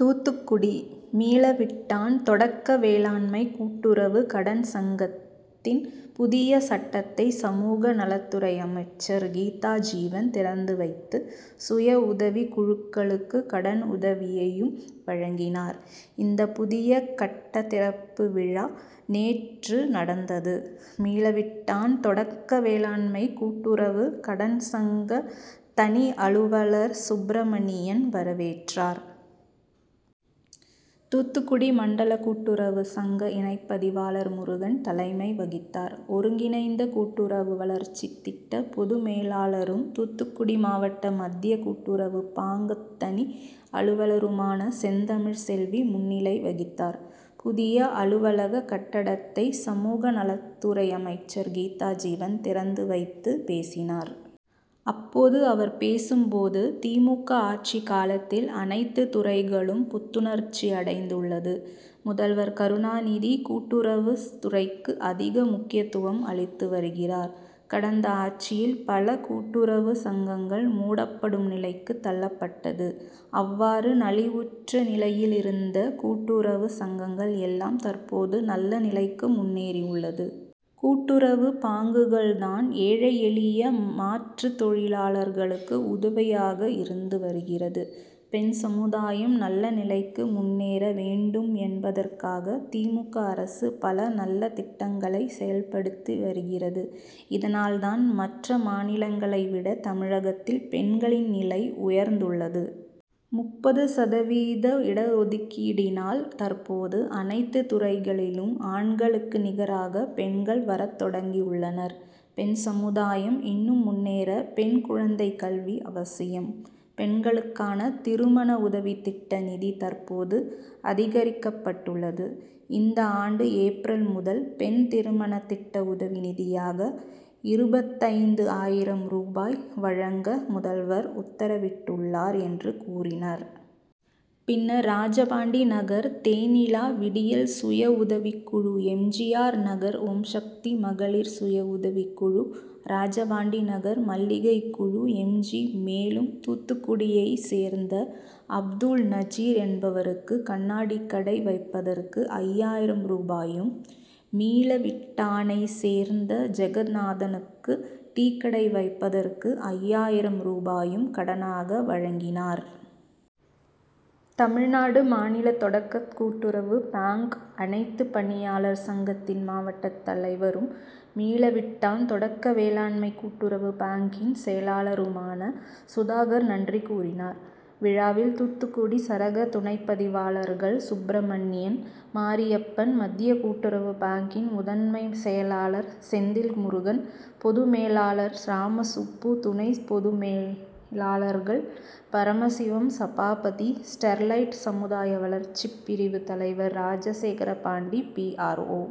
தூத்துக்குடி: மீளவிட்டான் தொட க்க வேளாண்மை கூட்டுறவு கடன் சங்கத்தின் புதிய கட்டடத்தை சமூக நலத்துறை அமைச்சர் கீதாஜீவன் திறந்து வைத்து சுய உதவி குழுக்களுக்கு கடன் உதவியையும் வழங்கினார். இந்த புதிய கட்ட திறப்பு விழா நேற்று நடந்தது. மீளவிட்டான் தொடக்க வேளாண்மை கூட்டுறவு கடன் சங்க தனி அலுவலர் சுப்பிரமணியன் வரவேற்றார். தூத்துக்குடி மண்டல கூட்டுறவு சங்க இணைப்பதிவாளர் முருகன் தலைமை வகித்தார். ஒருங்கிணைந்த கூட்டுறவு வளர்ச்சி திட்ட பொதுமேலாளரும் தூத்துக்குடி மாவட்ட மத்திய கூட்டுறவு பாங்க் தனி அலுவலருமான செந்தமிழ் செல்வி முன்னிலை வகித்தார். புதிய அலுவலக கட்டடத்தை சமூக நலத்துறை அமைச்சர் கீதாஜீவன் திறந்து வைத்து பேசினார். அப்போது அவர் பேசும்போது திமுக. ஆட்சி காலத்தில் அனைத்து துறைகளும் புத்துணர்ச்சி அடைந்து உள்ளது. முதல்வர் கருணாநிதி கூட்டுறவு துறைக்கு அதிக முக்கியத்துவம் அளித்து வருகிறார். கடந்த ஆட்சியில் பல கூட்டுறவு சங்கங்கள் மூடப்படும் நிலைக்கு தள்ளப்பட்டது. அவ்வாறு நலிவுற்ற நிலையில் இருந்த கூட்டுறவு சங்கங்கள் எல்லாம் தற்போது நல்ல நிலைக்கு முன்னேறி உள்ளது. கூட்டுறவு பாங்குகள் தான் ஏழை எளிய மற்றும் தொழிலாளர்களுக்கு உதவியாக இருந்து வருகிறது. பெண் சமுதாயம் நல்ல நிலைக்கு முன்னேற வேண்டும் என்பதற்காக திமுக. அரசு பல நல்ல திட்டங்களை செயல்படுத்தி வருகிறது. இதனால் தான் மற்ற மாநிலங்களை விட தமிழகத்தில் பெண்களின் நிலை உயர்ந்துள்ளது. முப்பது சதவீத இடஒதுக்கீட்டினால் தற்போது அனைத்து துறைகளிலும் ஆண்களுக்கு நிகராக பெண்கள் வரத்தொடங்கியுள்ளனர். பெண் சமுதாயம் இன்னும் முன்னேற பெண் குழந்தை கல்வி அவசியம். பெண்களுக்கான திருமண உதவி திட்ட நிதி தற்போது அதிகரிக்கப்பட்டுள்ளது. இந்தாண்டு ஏப்ரல் முதல் பெண் திருமண திட்ட உதவி நிதியாக இருபத்தைந்து ஆயிரம் ரூபாய் வழங்க முதல்வர் உத்தரவிட்டுள்ளார் என்று கூறினார். பின்னர் ராஜபாண்டி நகர் தேன்நிலா விடியல் சுய உதவி குழு M. G. R. Nagar Omsakthi மகளிர் சுய உதவி குழு ராஜபாண்டி நகர் மல்லிகை குழு எம். ஜி. மேலும் தூத்துக்குடியை சேர்ந்த அப்துல் நஜீர் என்பவருக்கு கண்ணாடி கடை வைப்பதற்கு ஐயாயிரம் ரூபாயும் மீளவிட்டானை சேர்ந்த ஜெகநாதனுக்கு டீ கடை வைப்பதற்கு ஐயாயிரம் ரூபாயையும் கடனாக வழங்கினார். தமிழ்நாடு மாநில தொடக்க கூட்டுறவு பாங்க் அனைத்து பணியாளர் சங்கத்தின் மாவட்ட தலைவரும் மீளவிட்டான் தொடக்க வேளா ண்மை கூட்டுறவு பாங்க்கின் செயலாளருமான சுதாகர் நன்றி கூறினார். விழாவில் தூத்துக்குடி சரக துணைப்பதிவாளர்கள் சுப்பிரமணியன் மாரியப்பன் மத்திய கூட்டுறவு பாங்கின் முதன்மை செயலாளர் செந்தில்முருகன் பொதுமேலாளர் ராமசுப்பு துணை பொதுமேலாளர்கள் பரமசிவம் சபாபதி ஸ்டெர்லைட் சமுதாய வளர்ச்சி பிரிவு தலைவர் ராஜசேகரபாண்டி பிஆர்ஓ.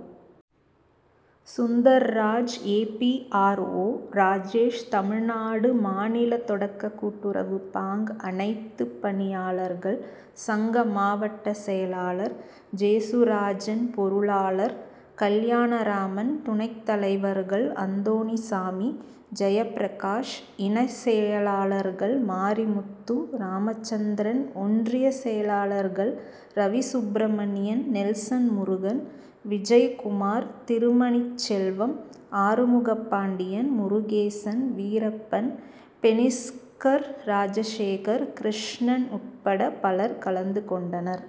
சுந்தர்ராஜ் ஏபிஆர்ஓ. ராஜேஷ் தமிழ்நாடு மாநில தொடக்க கூட்டுறவு பாங்க் அனைத்துப்பணியாளர்கள் சங்க மாவட்ட செயலாளர் ஜேசுராஜன் பொருளாளர் கல்யாணராமன் துணைத்தலைவர்கள் அந்தோணிசாமி ஜெயபிரகாஷ் இணைச் செயலாளர்கள் மாரிமுத்து ராமச்சந்திரன் ஒன்றிய செயலாளர்கள் ரவிசுப்பிரமணியன் நெல்சன் முருகன் விஜயகுமார் திருமணிச் செல்வம் ஆறுமுகபாண்டியன் முருகேசன் வீரப்பன் பெனிஸ்கர் ராஜசேகர் கிருஷ்ணன் உட்பட பலர் கலந்து கொண்டனர்.